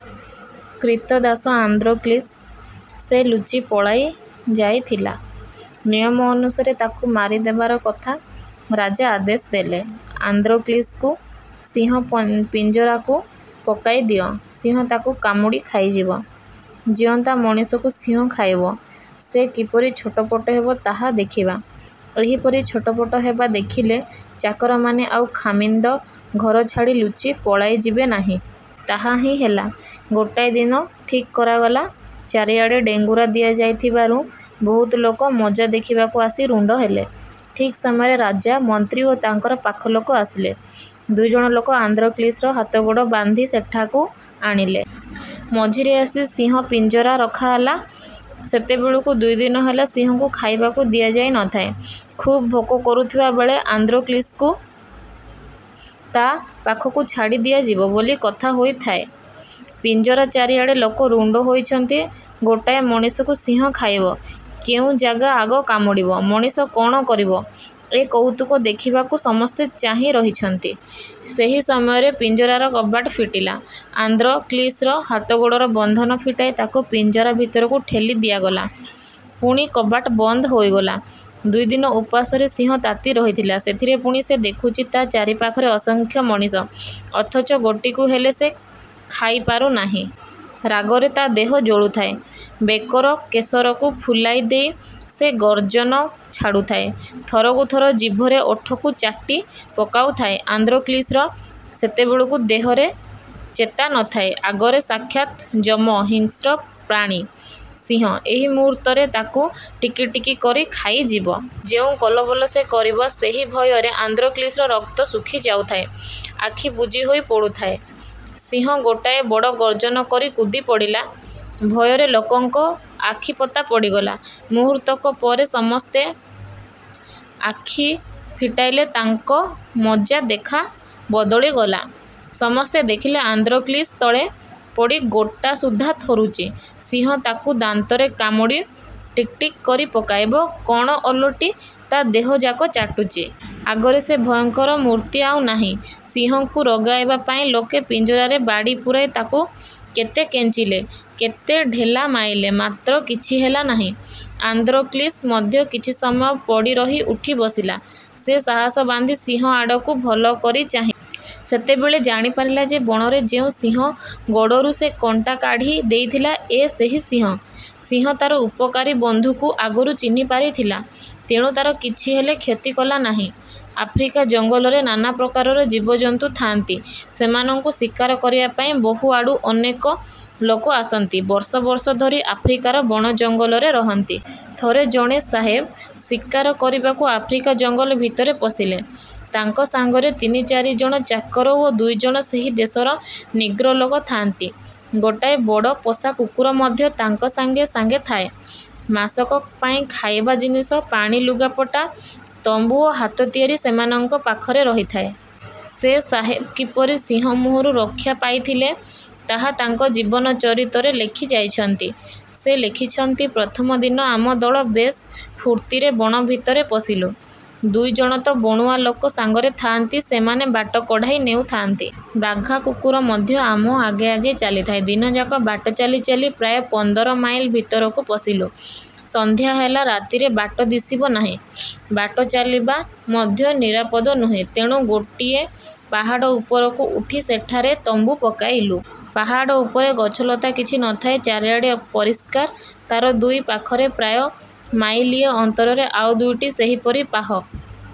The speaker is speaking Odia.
କ୍ରୀତଦାସ ଆନ୍ଦ୍ରୋକ୍ଳିସ; ସେ ଲୁଚି ପଳାଇ ଯାଇଥିଲା। ନିୟମ ଅନୁସାରେ ତାକୁ ମାରିଦେବାର କଥା। ରାଜା ଆଦେଶ ଦେଲେ, ''ଆନ୍ଦ୍ରୋକ୍ଳିସକୁ ସିଂହ ପିଞ୍ଜରାକୁ ପକାଇଦିଅ। ସିଂହ ତାକୁ କାମୁଡ଼ି ଖାଇଯିବ। ଜୀଅନ୍ତା ମଣିଷକୁ ସିଂହ ଖାଇବ, ସେ କିପରି ଛଟପଟ ହେବ-ତାହା ଦେଖିବା। ଏହିପରି ଛଟପଟ ହେବା ଦେଖିଲେ, ଚାକରମାନେ ଆଉ ଖାମିନ୍ଦ ଘର ଛାଡ଼ି ଲୁଚି ପଳାଇଯିବେ ନାହିଁ। '' ତାହା ହିଁ ହେଲା; ଗୋଟାଏ ଦିନ ଠିକ୍ କରାଗଲା। ଚାରିଆଡ଼େ ଡେଙ୍ଗୁରା ଦିଆଯାଇଥିବାରୁ ବହୁତ ଲୋକ ମଜା ଦେଖିବାକୁ ଆସି ରୁଣ୍ଡ ହେଲେ। ଠିକ୍ ସମୟରେ ରାଜା, ମନ୍ତ୍ରୀ ଓ ତାଙ୍କର ପାଖଲୋକ ଆସିଲେ। ଦୁଇ ଜଣ ଲୋକ ଆନ୍ଦ୍ରୋକ୍ଳିସର ହାତଗୋଡ଼ ବାନ୍ଧି ସେଠାକୁ ଆଣିଲେ। ମଝିରେ ଆସି ସିଂହ ପିଞ୍ଜରା ରଖାହେଲା। ସେତେବେଳକୁ ଦୁଇ ଦିନ ହେଲା ସିଂହକୁ ଖାଇବାକୁ ଦିଆଯାଇ ନ ଥାଏ। ଖୁବ୍ ଭୋକ କରୁଥିବାବେଳେ ଆନ୍ଦ୍ରୋକ୍ଳିସ୍କୁ ତା' ପାଖକୁ ଛାଡ଼ିଦିଆଯିବ ବୋଲି କଥା ହୋଇଥାଏ। ପିଞ୍ଜରା ଚାରିଆଡ଼େ ଲୋକ ରୁଣ୍ଡ ହୋଇଛନ୍ତି। ଗୋଟାଏ ମଣିଷକୁ ସିଂହ ଖାଇବ; କେଉଁ ଜାଗା ଆଗ କାମୁଡ଼ିବ, ମଣିଷ କ'ଣ କରିବ-ଏ କଉତୁକ ଦେଖିବାକୁ ସମସ୍ତେ ଚାହିଁ ରହିଛନ୍ତି-। ସେହି ସମୟରେ ପିଞ୍ଜରାର କବାଟ ଫିଟିଲା। ଆନ୍ଦ୍ରୋକ୍ଲିସର ହାତଗୋଡ଼ର ବନ୍ଧନ ଫିଟାଇ ତାକୁ ପିଞ୍ଜରା ଭିତରକୁ ଠେଲି ଦିଆଗଲା। ପୁଣି କବାଟ ବନ୍ଦ ହୋଇଗଲା। ଦୁଇ ଦିନ ଉପାସରେ ସିଂହ ତାତି ରହିଥିଲା। ସେଥିରେ ପୁଣି ସେ ଦେଖୁଛି, ତା' ଚାରିପାଖରେ ଅସଂଖ୍ୟ ମଣିଷ; ଅଥଚ ଗୋଟିକୁ ହେଲେ ସେ ଖାଇପାରୁ ନାହିଁ। ରାଗରେ ତା' ଦେହ ଜଳୁଥାଏ। ବେକର କେଶରକୁ ଫୁଲାଇଦେଇ ସେ ଗର୍ଜନ ଛାଡ଼ୁଥାଏ। ଥରକୁ ଥର ଜିଭରେ ଓଠକୁ ଚାଟି ପକାଉଥାଏ। ଆନ୍ଦ୍ରୋକ୍ଳିସର ସେତେବେଳକୁ ଦେହରେ ଚେତା ନ ଥାଏ। ଆଗରେ ସାକ୍ଷାତ୍ ଯମ-ହିଂସ୍ର ପ୍ରାଣୀ ସିଂହ। ଏହି ମୁହୂର୍ତ୍ତରେ ତାକୁ ଟିକିଟିକି କରି ଖାଇଯିବ। ଯେଉଁ କଲବଲ ସେ କରିବ-ସେହି ଭୟରେ ଆନ୍ଦ୍ରୋକ୍ଳିସର ରକ୍ତ ଶୁଖି ଯାଉଥାଏ; ଆଖି ବୁଜିହୋଇ ପଡ଼ୁଥାଏ। ସିଂହ ଗୋଟାଏ ବଡ଼ ଗର୍ଜନ କରି କୁଦିପଡ଼ିଲା। ଭୟରେ ଲୋକଙ୍କ ଆଖିପତା ପଡ଼ିଗଲା। ମୁହୂର୍ତ୍ତକ ପରେ ସମସ୍ତେ ଆଖି ଫିଟାଇଲେ, ତାଙ୍କ ମଜାଦେଖା ବଦଳିଗଲା। ସମସ୍ତେ ଦେଖିଲେ, ଆନ୍ଦ୍ରୋକ୍ଳିସ ତଳେ ପଡ଼ି ଗୋଟାସୁଦ୍ଧା ଥରୁଛି; ସିଂହ ତାକୁ ଦାନ୍ତରେ କାମୁଡ଼ି ଟିକ୍ଟିକ୍ କରି ପକାଇବ କଅଣ, ଓଲଟି ତା' ଦେହଯାକ ଚାଟୁଛି। ଆଗରେ ସେ ଭୟଙ୍କର ମୂର୍ତ୍ତି ଆଉ ନାହିଁ। ସିଂହକୁ ରଗାଇବା ପାଇଁ ଲୋକେ ପିଞ୍ଜରାରେ ବାଡ଼ି ପୂରାଇ ତାକୁ କେତେ କେଞ୍ଚିଲେ, କେତେ ଢେଲା ମାଇଲେ; ମାତ୍ର କିଛି ହେଲା ନାହିଁ। ଆନ୍ଦ୍ରୋକ୍ଳିସ ମଧ୍ୟ କିଛି ସମୟ ପଡ଼ି ରହି ଉଠି ବସିଲା। ସେ ସାହସ ବାନ୍ଧି ସିଂହ ଆଡ଼କୁ ଭଲକରି ଚାହିଁଲା। ସେତେବେଳେ ଜାଣିପାରିଲା ଯେ, ବଣରେ ଯେଉଁ ସିଂହ ଗୋଡ଼ରୁ ସେ କଣ୍ଟା କାଢ଼ି ଦେଇଥିଲା, ଏ ସେହି ସିଂହ। ସିଂହ ତା'ର ଉପକାରୀ ବନ୍ଧୁକୁ ଆଗରୁ ଚିହ୍ନିପାରିଥିଲା; ତେଣୁ ତା'ର କିଛି ହେଲେ କ୍ଷତି କଲା ନାହିଁ। ଆଫ୍ରିକା ଜଙ୍ଗଲରେ ନାନାପ୍ରକାରର ଜୀବଜନ୍ତୁ ଥାଆନ୍ତି। ସେମାନଙ୍କୁ ଶିକାର କରିବାପାଇଁ ବହୁଆଡ଼ୁ ଅନେକଲୋକ ଆସନ୍ତି; ବର୍ଷବର୍ଷ ଧରି ଆଫ୍ରିକାର ବଣ ଜଙ୍ଗଲରେ ରହନ୍ତି। ଥରେ ଜଣେ ସାହେବ ଶିକାର କରିବାକୁ ଆଫ୍ରିକା ଜଙ୍ଗଲ ଭିତରେ ପଶିଲେ। ତାଙ୍କ ସାଙ୍ଗରେ ତିନି ଚାରି ଜଣ ଚାକର ଓ ଦୁଇ ଜଣ ସେହି ଦେଶର ନିଗ୍ରୋ ଲୋକ ଥାଆନ୍ତି। ଗୋଟାଏ ବଡ଼ ପୋଷା କୁକୁର ମଧ୍ୟ ତାଙ୍କ ସାଙ୍ଗେ ସାଙ୍ଗେ ଥାଏ। ମାସକ ପାଇଁ ଖାଇବା ଜିନିଷ, ପାଣି, ଲୁଗାପଟା, ତମ୍ବୁ ଓ ହାତହତିଆର ସେମାନଙ୍କ ପାଖରେ ରହିଥାଏ। ସେ ସାହେବ କିପରି ସିଂହ ମୁହଁରୁ ରକ୍ଷା ପାଇଥିଲେ, ତାହା ତାଙ୍କ ଜୀବନ ଚରିତରେ ଲେଖିଯାଇଛନ୍ତି। ସେ ଲେଖିଛନ୍ତି- ''ପ୍ରଥମ ଦିନ ଆମ ଦଳ ବେଶ୍ ଫୁର୍ତ୍ତିରେ ବଣ ଭିତରେ ପଶିଲୁ। ଦୁଇ ଜଣ ତ ବଣୁଆ ଲୋକ ସାଙ୍ଗରେ ଥାଆନ୍ତି; ସେମାନେ ବାଟ କଢ଼ାଇ ନେଉଥାଆନ୍ତି। 'ବାଘା' କୁକୁର ମଧ୍ୟ ଆମ ଆଗେ ଆଗେ ଚାଲିଥାଏ। ଦିନଯାକ ବାଟ ଚାଲିଚାଲି ପ୍ରାୟ ପନ୍ଦର ମାଇଲ ଭିତରକୁ ପଶିଲୁ। ସନ୍ଧ୍ୟା ହେଲା-ରାତିରେ ବାଟ ଦିଶିବ ନାହିଁ, ବାଟ ଚାଲିବା ମଧ୍ୟ ନିରାପଦ ନୁହେଁ; ତେଣୁ ଗୋଟିଏ ପାହାଡ଼ ଉପରକୁ ଉଠି ସେଠାରେ ତମ୍ବୁ ପକାଇଲୁ। ପାହାଡ଼ ଉପରେ ଗଛଲତା କିଛି ନ ଥାଏ; ଚାରିଆଡ଼ ପରିଷ୍କାର। ତା'ର ଦୁଇ ପାଖରେ ପ୍ରାୟ ମାଇଲିଏ ଅନ୍ତରରେ ଆଉ ଦୁଇଟି ସେହିପରି ପାହ।